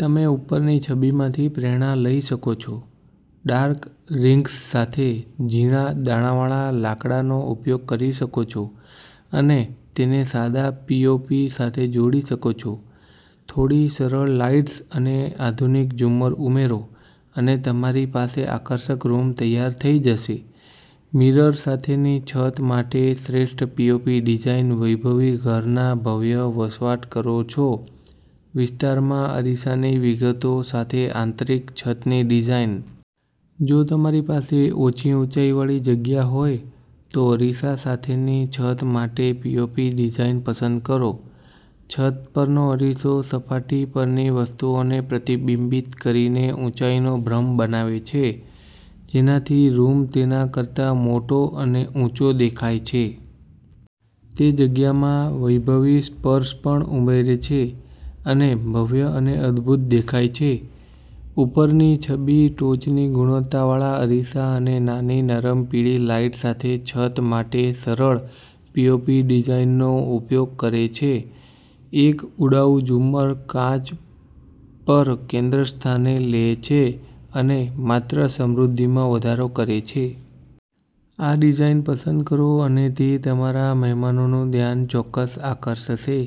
તમે ઉપરની છબીમાંથી પ્રેરણા લઈ શકો છો, ડાર્ક રિંગ્સ સાથે ઝીણા દાણાવાળા લાકડાનો ઉપયોગ કરી શકો છો અને તેને સાદા પીઓપી સાથે જોડી શકો છો. થોડી સરળ લાઇટ્સ અને આધુનિક ઝુમ્મર ઉમેરો, અને તમારી પાસે આકર્ષક રૂમ તૈયાર થઈ જશે મિરર સાથેની છત માટે શ્રેષ્ઠ પીઓપી ડિઝાઇન વૈભવી ઘરના ભવ્ય વસવાટ કરો છો વિસ્તારમાં અરીસાની વિગતો સાથે આંતરિક છતની ડિઝાઇન. જો તમારી પાસે ઓછી ઊંચાઈવાળી જગ્યા હોય, તો અરીસા સાથેની છત માટે પીઓપી ડિઝાઇન પસંદ કરો. છત પરનો અરીસો સપાટી પરની વસ્તુઓને પ્રતિબિંબિત કરીને ઊંચાઈનો ભ્રમ બનાવે છે, જેનાથી રૂમ તેના કરતા મોટો અને ઊંચો દેખાય છે. તે જગ્યામાં વૈભવી સ્પર્શ પણ ઉમેરે છે અને ભવ્ય અને અદભૂત દેખાય છે. ઉપરની છબી ટોચની ગુણવત્તાવાળા અરીસા અને નાની, નરમ પીળી લાઇટ સાથે છત માટે સરળ પીઓપી ડિઝાઇનનો ઉપયોગ કરે છે. એક ઉડાઉ ઝુમ્મર કાચ પર કેન્દ્રસ્થાને લે છે અને માત્ર સમૃદ્ધિમાં વધારો કરે છે. આ ડિઝાઇન પસંદ કરો અને તે તમારા મહેમાનોનું ધ્યાન ચોક્કસ આકર્ષશે.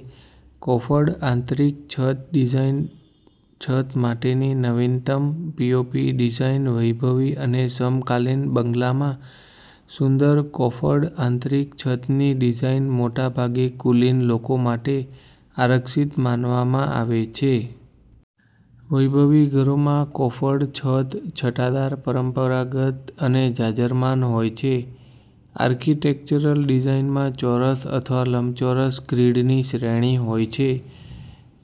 કોફર્ડ આંતરિક છત ડિઝાઇન, છત માટેની નવીનતમ પીઓપી ડિઝાઇન વૈભવી અને સમકાલીન બંગલામાં સુંદર કોફર્ડ આંતરિક છતની ડિઝાઇન મોટાભાગે કુલીન લોકો માટે આરક્ષિત માનવામાં આવે છે. વૈભવી ઘરોમાં કોફર્ડ છત છટાદાર, પરંપરાગત અને જાજરમાન હોય છે. આર્કિટેક્ચરલ ડિઝાઇનમાં ચોરસ અથવા લંબચોરસ ગ્રીડની શ્રેણી હોય છે,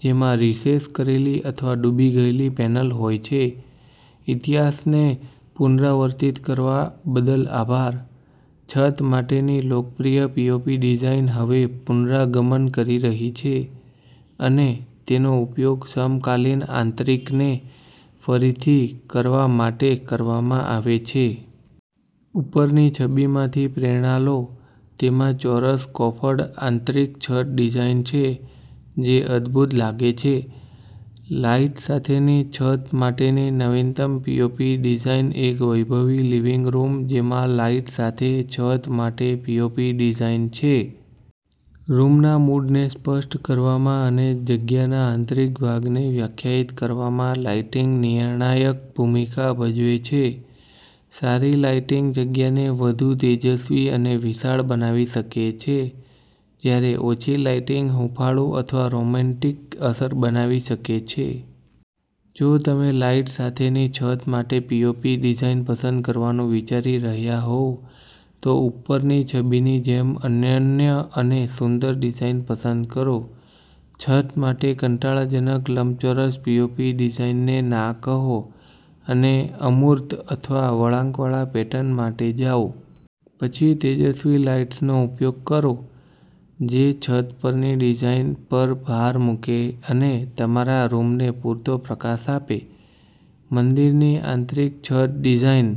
જેમાં રિસેસ કરેલી અથવા ડૂબી ગયેલી પેનલ હોય છે. ઇતિહાસને પુનરાવર્તિત કરવા બદલ આભાર, છત માટેની લોકપ્રિય પીઓપી ડિઝાઇન હવે પુનરાગમન કરી રહી છે અને તેનો ઉપયોગ સમકાલીન આંતરિકને ફરીથી કરવા માટે કરવામાં આવે છે. ઉપરની છબીમાંથી પ્રેરણા લો. તેમાં ચોરસ કોફર્ડ આંતરિક છત ડિઝાઇન છે, જે અદભૂત લાગે છે. લાઇટ સાથેની છત માટેની નવીનતમ પીઓપી ડિઝાઇન એક વૈભવી લિવિંગ રૂમ જેમાં લાઇટ સાથે છત માટે પીઓપી ડિઝાઇન છે. રૂમના મૂડને સ્પષ્ટ કરવામાં અને જગ્યાના આંતરિક ભાગને વ્યાખ્યાયિત કરવામાં લાઇટિંગ નિર્ણાયક ભૂમિકા ભજવે છે. સારી લાઇટિંગ જગ્યાને વધુ તેજસ્વી અને વિશાળ બનાવી શકે છે, જ્યારે ઓછી લાઇટિંગ હૂંફાળું અથવા રોમેન્ટિક અસર બનાવી શકે છે. જો તમે લાઇટ સાથેની છત માટે પીઓપી ડિઝાઇન પસંદ કરવાનું વિચારી રહ્યા હોવ, તો ઉપરની છબીની જેમ અનન્ય અને સુંદર ડિઝાઇન પસંદ કરો. છત માટે કંટાળાજનક લંબચોરસ પીઓપી ડિઝાઇનને ના કહો અને અમૂર્ત અથવા વળાંકવાળા પેટર્ન માટે જાઓ. પછી તેજસ્વી લાઇટ્સનો ઉપયોગ કરો જે છત પરની ડિઝાઇન પર ભાર મૂકે અને તમારા રૂમને પૂરતો પ્રકાશ આપે. મંદિરની આંતરિક છત ડિઝાઇન